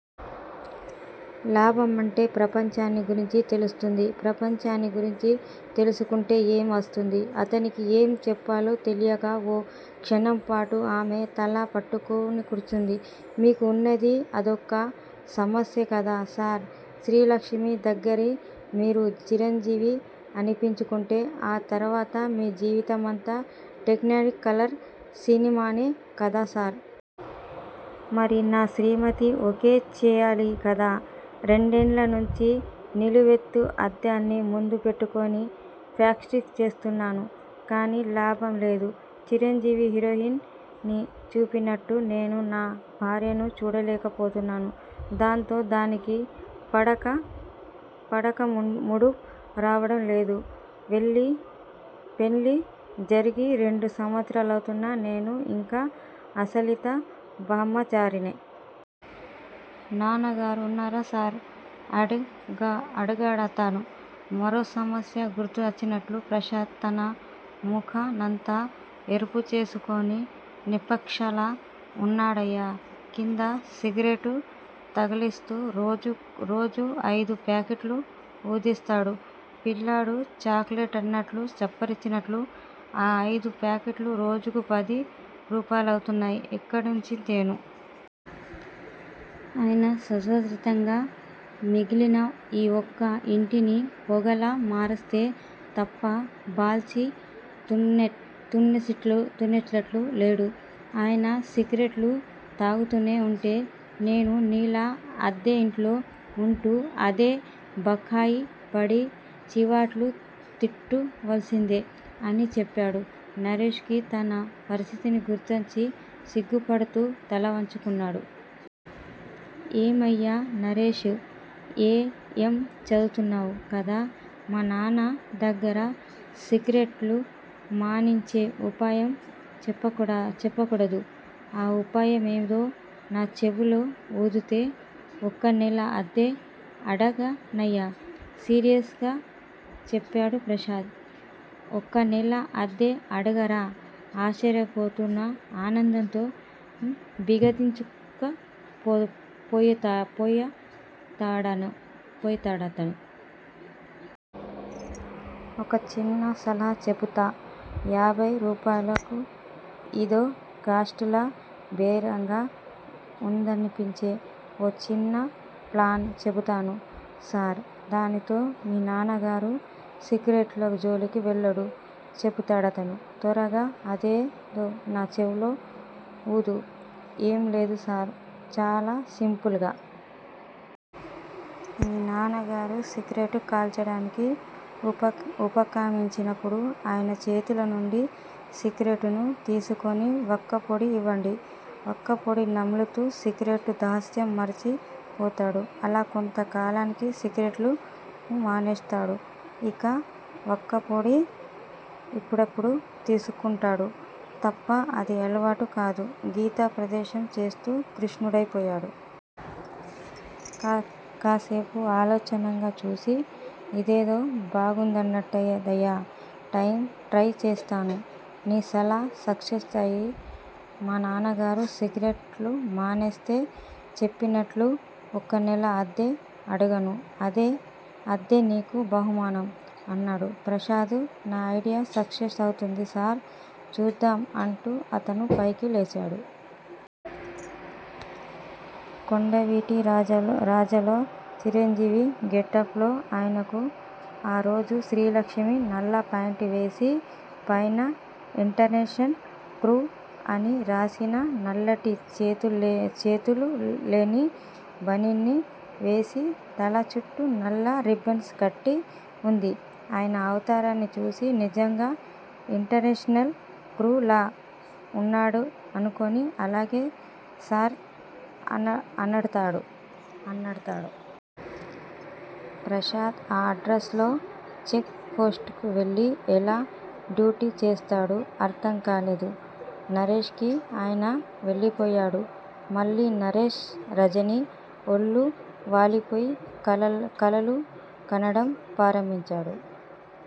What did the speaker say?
లాభమంటే- ప్రపంచాన్ని గురించి తెలుస్తుంది ప్రపంచాన్ని గురించి తెలుసుకుంటే ఏం వస్తుంది? అతనికి ఏం చెప్పాలో తెలియక ఓ క్షణంపాటు ఆమె తల పట్టుక్కూర్చుంది. మీకు ఉన్నది అదొక్క సమస్యే కదా సార్! శ్రీలక్ష్మి దగ్గిర మీరు చిరంజీవి అనిపించుకుంటే ఆ తరువాత మీ జీవితమంతా టెక్నికలర్ సినిమానే కదా సార్! మరి నా శ్రీమతి ఓకే చెయ్యాలి గదా! రెండేళ్ళ నుంచి నిలువెత్తు అద్దాన్ని ముందు పెట్టుకుని ప్రాక్టీసు చేస్తున్నాను. కానీ లాభం లేదు! చిరంజీవి హీరోయిన్ ని చూసినట్టు నేను నా భార్యను చూడలేక పోతున్నాను. దాంతో దానికి పడక 'పడకమూడ్' రావడం లేదు. పెళ్ళి పెళ్ళి జరిగి రెండు సంవత్సరాలవుతున్నా నేను యింకా అస్కలిత బ్రమచారినే. నాన్నగారు వున్నారా సార్? అడిగాడతను. మరో సమస్య గుర్తొచ్చినట్టు ప్రసాద్ తన ముఖాన్నంతా ఎరుపు చేసుకుని నిక్షేపంలా వున్నాడయ్యా కింద సిగరెట్లు తగలేస్తూ. రోజుకు అయిదు ప్యాకెట్ లు వూదేస్తాడు పిల్లాడు చాక్ లెట్లను చప్పరించినట్లు. ఆ అయిదు పాకెట్లకూ రోజుకు పది రూపాయలవుతున్నాయి. ఎక్కడ్నించి తేను? ఆయన స్వార్జితంగా మిగిలిన ఈ ఒక్క యింటిని పొగలా మార్చితే తప్ప బాల్చీ తన్నేసేటట్టు లేడు. ఆయనలా సిగరెట్ లు తాగుతూనే వుంటే నేనూ నీలా అద్దె యింట్లో వుంటూ, అద్దె బకాయిపడి చీవాట్లు తింటుండాల్సిందే అని చెప్పాడు. నరేషుకి తన పరిస్థితి గుర్తొచ్చి సిగ్గుపడుతూ తలవంచుకున్నాడు. ఏమయ్యా నరేషూ! ఎం. ఏ. చదువుకున్నావ్ కదా! మానాన్న దగ్గిర సిగరెట్ లు మాన్పించే ఉపాయం చెప్పకూడదూ! ఆ ఉపాయమేదో నా చెవిలో వూదితే ఒక నెల అద్దె అడగనయ్యా! సీరియస్ గా చెప్పాడు ప్రసాద్. ఒక నెల అద్దె అడగరా? ఆశ్చర్యంతోనూ, ఆనందంతోనూ బిగదీసుకు పోయా పోయాడతను. ఒక చిన్న సలహా చెబితే యాభై రూపాయలు. ఇదేదో కాస్ట్ లీ బేరంలా వుందనిపించి ఓ చిన్న ప్లాన్ చెబుతాను సార్! దానితో మీ నాన్నగారు సిగరెట్ల జోలికి వెళ్లడు చెప్పాడతను. త్వరగా అదేదో నా చెవిలో వూదు. ఏం లేదు సార్! చాలా సింపుల్గా! మీ నాన్నగారు సిగరెట్ కాల్చడానికి ఉపక్రమించినప్పుడు ఆయన చేతిలో నుండి సిగరెట్ ను తీసేసుకుని వక్కపొడి ఇవ్వండి. వక్కపొడి నములుతూ సిగరెట్ ధ్యాస మరిచి పోతాడు. అలా కొంత కాలానికి సిగరెట్ లు మానేస్తాడు. ఇక వక్కపొడి ఇప్పుడిప్పుడే తీసుకుంటాడు తప్ప అది అలవాటు కాదు గీతోపదేశం చేస్తున్న కృష్ణుడైపోయాడు. కాసేపు సాలోచనగా చూసి ఇదేదో బావుందన్నట్టుందయ్యో! ట్రై చేస్తాను. నీ సలహా సక్సెస్ అయి, మా నాన్నగారు సిగరెట్ లు మానేస్తేనే చెప్పినట్టు ఒక నెల అద్దె అడగను. అదే నీకు బహుమానం అన్నాడు ప్రసాద్. నా ఐడియా సక్సెస్ అవుతుంది సర్! చూద్దాం అంటూ అతను పైకి లేచాడు. కొండవీటి రాజాలో చిరంజీవి గెటప్ లో ఆయనకు ఆ రోజు శ్రీలక్ష్మి నల్ల ఫ్యాంట్ వేసి, పైన 'ఇంటర్నేషనల్ క్రూక్' అని రాసివున్న నల్లటి చేతుల్లేని బనీను వేసి, తల చుట్టూ నల్ల రిబ్బన్ కట్టి వుంది. ఆయన అవతారాన్ని చూసి నిజంగానే ఇంటర్నేషనల్ క్రూక్ లా వున్నాడనుకుని అలాగే సార్ అన్నా అన్నాతాడు అన్నాతాడు. ప్రసాద్ ఆ డ్రస్ లో చెక్ పోస్టుకు వెళ్ళి ఎలా డ్యూటీ చేస్తాడో అర్థం కాలేదు నరేష్ కి. ఆయన వెళ్ళిపోయాడు. మళ్ళీ నరేష్ రజని ఒళ్ళో వాలిపోయి, కలలు కనడం ప్రారంభించాడు.